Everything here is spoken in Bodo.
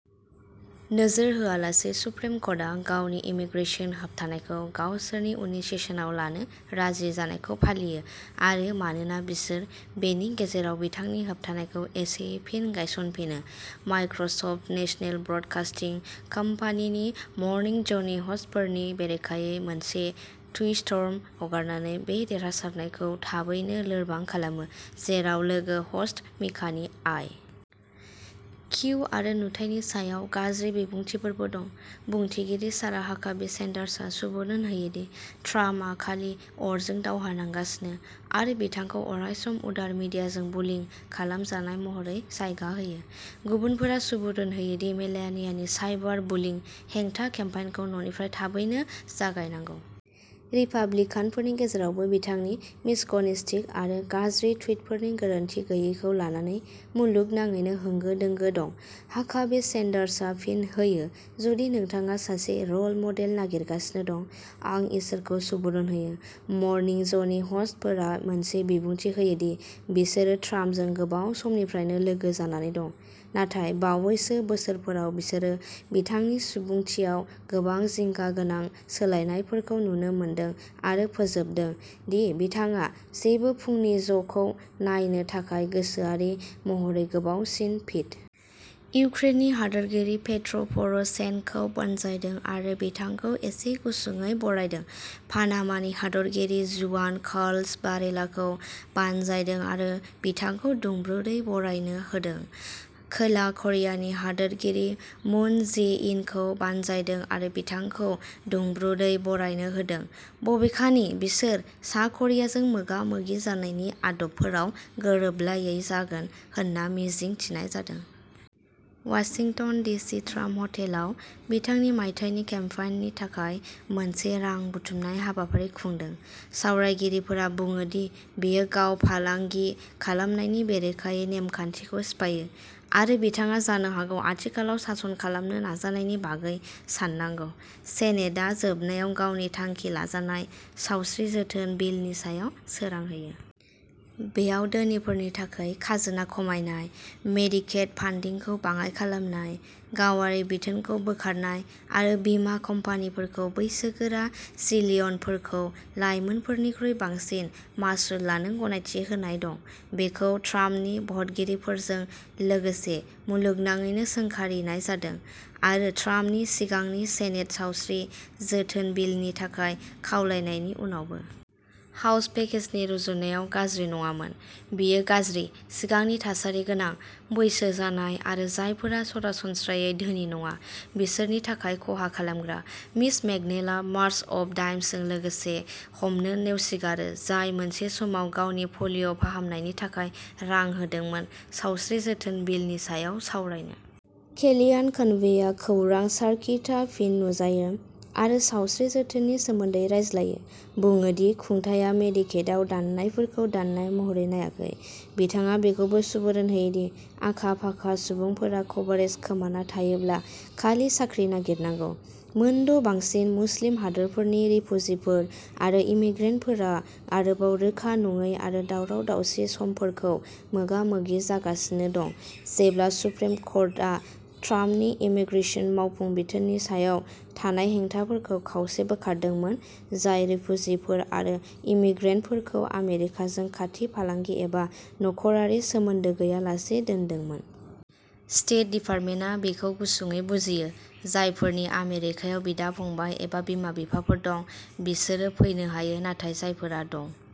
नोजोर होआलासै सुप्रिम कर्टआ गावनि इमीग्रेसन होबथानायखौ गावसोरनि उननि सेसनाव लानो राजि जानायखौ फालियो आरो मानोना बिसोर बेनि गेजेराव बिथांनि होबथानायखौ एसेयै फिन गायसनफिनो। माइक्रसप्त नेशनेल ब्रदकासटिं कम्पानी नि मर्निं ज'नि ह'स्टफोरनि बेरेखायै मोनसे टुइटस्टर्म हगारनानै बे देरहासारनायखौ थाबैनो लोरबां खालामो, जेराव लोगो ह'स्ट मिकानि आइ. किउ. आरो नुथायनि सायाव गाज्रि बिबुंथिफोरबो दं। बुंथिगिरि सारा हाकाबी-सेन्डार्सआ सुबुरुन होयो दि ट्राम्पआ खालि "अरजों दावहा नांगासिनो" आरो बिथांखौ अरायसम "उदार मिडियाजों बुलिं" खालामजानाय महरै जायगा होयो। गुबुनफोरा सुबुरुन होयो दि मेलानियानि साइबार बुलिं हेंथा केम्पेइनखौ न'निफ्राय थाबैनो जागायनांगौ। रिपाब्लिकानफोरनि गेजेरावबो, बिथांनि मिसग'निसटिक आरो गाज्रि टुइटफोरनि गोरोनथि गैयैखौ लानानै मुलुगनाङैनो होंगो दोंगो दं। हाकाबी-सेन्डार्सआ फिन होयो, "जुदि नोंथाङा सासे रल मडेल नागिरगासिनो दं, आं इसोरखौ सुबुरुन होयो।" मर्निं ज'नि ह'स्टफोरा मोनसे बिबुंथि होयो दि बिसोरो ट्राम्पजों गोबाव समनिफ्रायनो लोगो जानानै दं, नाथाय बावैसो बोसोरफोराव बिसोरो बिथांनि सुबुंथियाव गोबां जिंगा गोनां सोलायनायफोरखौ नुनो मोनदों आरो फोजोबदों दि बिथाङा जेबो फुंनि ज'खौ नायनो थाखाय गोसोआरि महरै गोबावसिन फिट। इउक्रेननि हादोरगिरि पेट्र'पर'शेन्क'खौ बानजायदों आरो बिथांखौ एसे गुसुङै बरायदों। पानामानि हादोरगिरि जुआन काल'स भारेलाखौ बानजायदों आरो बिथांखौ दुंब्रुदै बरायनो होदों। खोला क'रियानि हादोरगिरि मुन जे-इनखौ बानजायदों आरो बिथांखौ दुंब्रुदै बरायनो होदों, बबेखानि बिसोर सा क'रियाजों मोगा-मोगि जानायनि आदबफोराव गोरोबलायै जागोन होनना मिजिं थिनाय जादों। वाशिंटन डिसि ट्राम्प हटेलाव बिथांनि मायथाइनि केम्पेइननि थाखाय मोनसे रां बुथुमनाय हाबाफारि खुंदों। सावरायगिरिफोरा बुङो दि बेयो गाव-फालांगि खालामनायनि बेरेखायै नेमखानथिखौ सिफायो, आरो बिथाङा जानो हागौ आथिखालाव सासन खालामनो नाजानायनि बागै साननांगौ। सेनेटआ जोबनायाव गावनि थांखि लाजानाय सावस्रि जोथोन बिलनि सायाव सोरां होयो। बेयाव धोनिफोरनि थाखाय खाजोना खमायनाय, मेडिकेड फान्डिंखौ बाङाइ खालामनाय, गावारि बिथोनखौ बोखारनाय आरो बीमा कम्पानिफोरखौ बैसोगोरा जिलियनफोरखौ लाइमोनफोरनिख्रुइ बांसिन मासुल लानो गनायथि होनाय दं। बेखौ ट्राम्पनि भटगिरिफोरजों लोगोसे मुलुगनाङैनो सोंखारिनाय जादों। आरो ट्राम्पनि सिगांनि सेनेट सावस्रि जोथोन बिलनि थाखाय खावलायनायनि उनावबो। हाउस पेकेजनि रुजुनायाव "गाज्रि" नङामोन, बेयो गाज्रिः सिगांनि थासारि गोनां, बैसो जानाय, आरो जायफोरा सरासनस्रायै धोनि नङा, बिसोरनि थाखाय खहा खालामग्रा। मिच मेककनेलआ मार्च अफ डाइम्सजों लोगो हमनो नेवसिगारो जाय मोनसे समाव गावनि पलिय' फाहामनायनि थाखाय रां होदोंमोन सावस्रि जोथोन बिलनि सायाव सावरायनो। केलियान कनवेआ खौरां सार्किटा फिन नुजायो आरो सावस्रि जोथोननि सोमोन्दै रायज्लायो, बुङो दि खुंथायआ मेडिकेडआव दाननायफोरखौ दाननाय महरै नायाखै। बिथाङा बेखौबो सुबुरुन होयो दि "आखा-फाखा" सुबुंफोरा कभारेज खोमाना थायोब्ला खालि साख्रि नागिरनांगौ। मोनद'बांसिन मुस्लिम हादोरफोरनि रिफुजिफोर आरो इम्मिग्रेन्टफोरा आरोबाव रोखा नङि आरो दावराव-दावसि समफोरखौ मोगा-मोगि जागासिनो दं, जेब्ला सुप्रिम कर्टा ट्राम्पनि इमीग्रेसन मावफुं बिथोननि सायाव थानाय हेंथाखौ खावसे बोखारदोंमोन, जाय रिफुजिफोर आरो इम्मिग्रेन्टफोरखौ आमेरिकाजों खाथि फालांगि एबा नखरारि सोमोन्दो गैयालासे दोनदोंमोन। स्टेट डिपार्टमेन्टआ बेखौ गुसुंयै बुजियो, जायफोरनि आमेरिकायाव बिदा-फंबाय एबा बिमा-बिफाफोर दं बिसोर फैनो हायो, नाथाय जायफोरा दं।